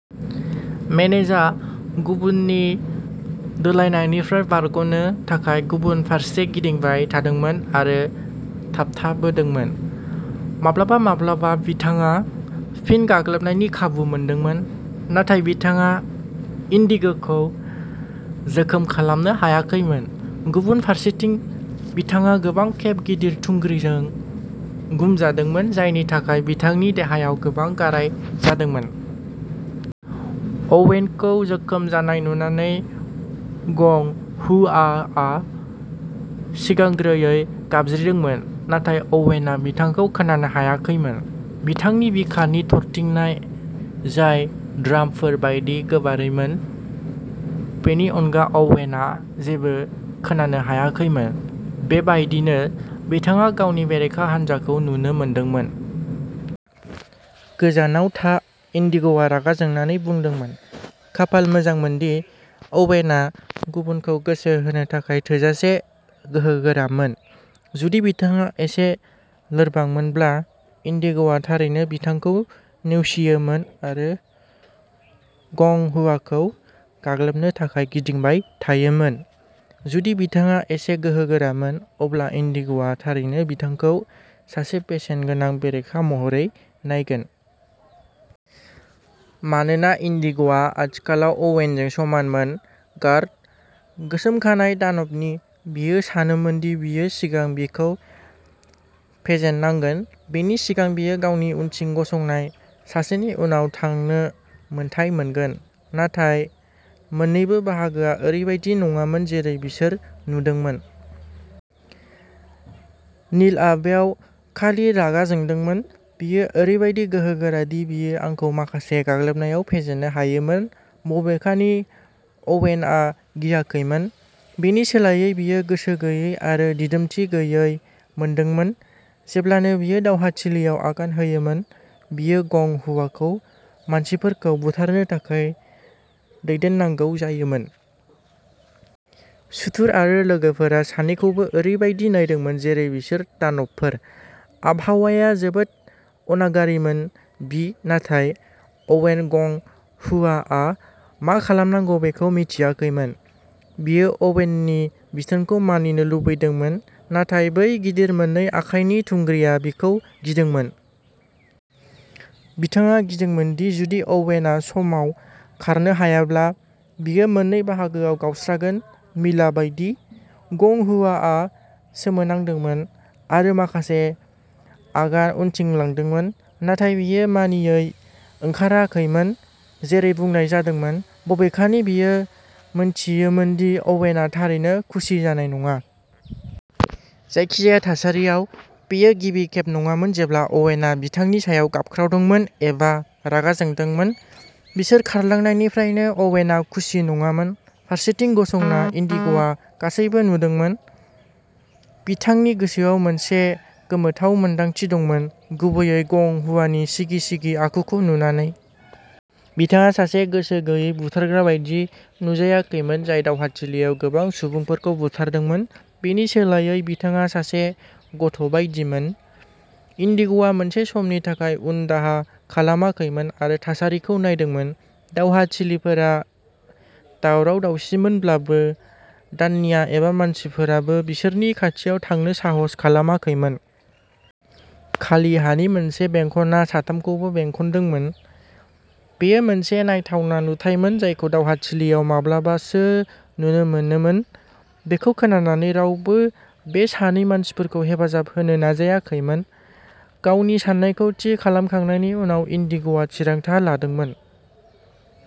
मेनेजा गुबुननि दोलायनायनिफ्राय बारग'नो थाखाय गुबुन फारसे गिदिंबाय थादोंमोन आरो थाबथाबोदोंमोन। माब्लाबा-माब्लाबा, बिथाङा फिन गाग्लोबनायनि खाबु मोनदोंमोन, नाथाय बिथाङा इन्डिग'खौ जोखोम खालामनो हायाखैमोन। गुबुन फारसेथिं, बिथाङा गोबां खेब गिदिर थुंग्रिजों गुमजादोंमोन, जायनि थाखाय बिथांनि देहायाव गोबां गाराय जादोंमोन। अवेनखौ जोखोम जानाय नुनानै, गं हुआआ सिगांग्रोयै गाबज्रिदोंमोन, नाथाय अवेनआ बिथांखौ खोनानो हायाखैमोन। बिथांनि बिखानि थरथिंनाय, जाय ड्रामफोर बायदि गोबारैमोन, बेनि अनगा अवेनआ जेबो खोनानो हायाखैमोन। बेबायदिनो, बिथाङा गावनि बेरेखा हान्जाखौ नुनो मोनदोंमोन। गोजानाव था इन्डिग'आ रागा जोंनानै बुंदोंमोन। खाफाल मोजांमोनदि, अवेनआ गुबुनखौ गोसो होनो थाखाय थोजासे गोहोगोरामोन। जुदि बिथाङा एसे लोरबांमोनब्ला, इन्डिग'आ थारैनो बिथांखौ नेवसियोमोन आरो गं हुआखौ गाग्लोबनो थाखाय गिदिंबाय थायोमोन। जुदि बिथाङा एसे गोहोगोरामोन, अब्ला इन्डिग'आ थारैनो बिथांखौ सासे बेसेनगोनां बेरेखा महरै नायगोन। मानोना इन्डिग'आ आथिखालाव अवेनजों समानमोन, गार्ड। गोसोम खानाय दानबनि, बियो सानोमोन दि बियो सिगां बिखौ फेजेननांगोन बेनि सिगां बियो गावनि उनथिं गसंनाय सासेनि उनाव थांनो मोन्थाइ मोनगोन। नाथाय मोन्नैबो बाहागोआ ओरैबायदि नङामोन जेरै बिसोर नुदोंमोन। नीलआ बेयाव खालि रागा जोंदोंमोन। बियो ओरैबायदि गोहोगोरा दि बियो आंखौ माखासे गाग्लोबनायाव फेजेननो हायोमोन। बबेखानि, अवेनआ गियाखैमोन। बेनि सोलायै, बियो गोसो गैयै आरो दिदोमथि गैयै मोनदोंमोन। जेब्लानो बियो दावहाथिलियाव आगान होयोमोन, बियो गं हुआखौ मानसिफोरखौ बुथारनो थाखाय दैदेननांगौ जायोमोन। सुथुर आरो लोगोफोरा सानैखौबो ओरैबायदि नायदोंमोन जेरै बिसोर दानबफोर। आबहावाया जोबोद अनागारिमोन बि नाथाय, अवेन गं हुआआ मा खालामनांगौ बेखौ मिथियाखैमोन। बियो अवेननि बिथोनखौ मानिनो लुबैदोंमोन, नाथाय बै गिदिर मोननै आखाइनि थुंग्रिआ बिखौ गिदोंमोन। बिथाङा गिदोंमोन दि जुदि अवेनआ समाव खारनो हायाब्ला, बियो मोननै बाहागोआव गावस्रागोन मिला बायदि। गं हुआआ सोमोनांदोंमोन, आरो माखासे आगान उनथिं लांदोंमोन। नाथाय बियो मानियै ओंखाराखैमोन जेरै बुंनाय जादोंमोन, बबेखानि बियो मोनथियोमोन दि अवेनआ थारैनो खुसि जानाय नङा। जायखिजाया थासारियाव, बेयो गिबि खेब नङामोन जेब्ला अवेनआ बिथांनि सायाव गाबख्रावदोंमोन एबा रागा जोंदोंमोन। बिसोर खारलांनायनिफ्रायनो, अवेनआ खुसि नङामोन। फारसेथिं गसंना, इन्डिग'आ गासैबो नुदोंमोन। बिथांनि गोसोआव मोनसे गोमोथाव मोनदांथि दंमोन, गुबैयै गं हुआनि सिगि-सिगि आखुखौ नुनानै। बिथाङा सासे गोसो गैयै बुथारग्रा बायदि नुजायाखैमोन जाय दावहाथिलियाव गोबां सुबुंफोरखौ बुथारदोंमोन। बेनि सोलायै, बिथाङा सासे गथ'बायदिमोन। इन्डिग'आ मोनसे समनि थाखाय उनदाहा खालामाखैमोन आरो थासारिखौ नायदोंमोन। दावहाथिलिफोरा दावराव-दावसिमोनब्लाबो, दान्या एबा मानसिफोराबो बिसोरनि खाथियाव थांनो साहस खालामाखैमोन। खालि हानि मोनसे बेंखनआ साथामखौबो बेंखनदोंमोन। बेयो मोनसे नायथावना नुथायमोन जायखौ दावहाथिलियाव माब्लाबासो नुनो मोनोमोन। बेखौ खोनानानै, रावबो बे सानै मानसिफोरखौ हेफाजाब होनो नाजायाखैमोन। गावनि साननायखौ थि खालामखांनायनि उनाव, इन्डिग'आ थिरांथा लादोंमोन।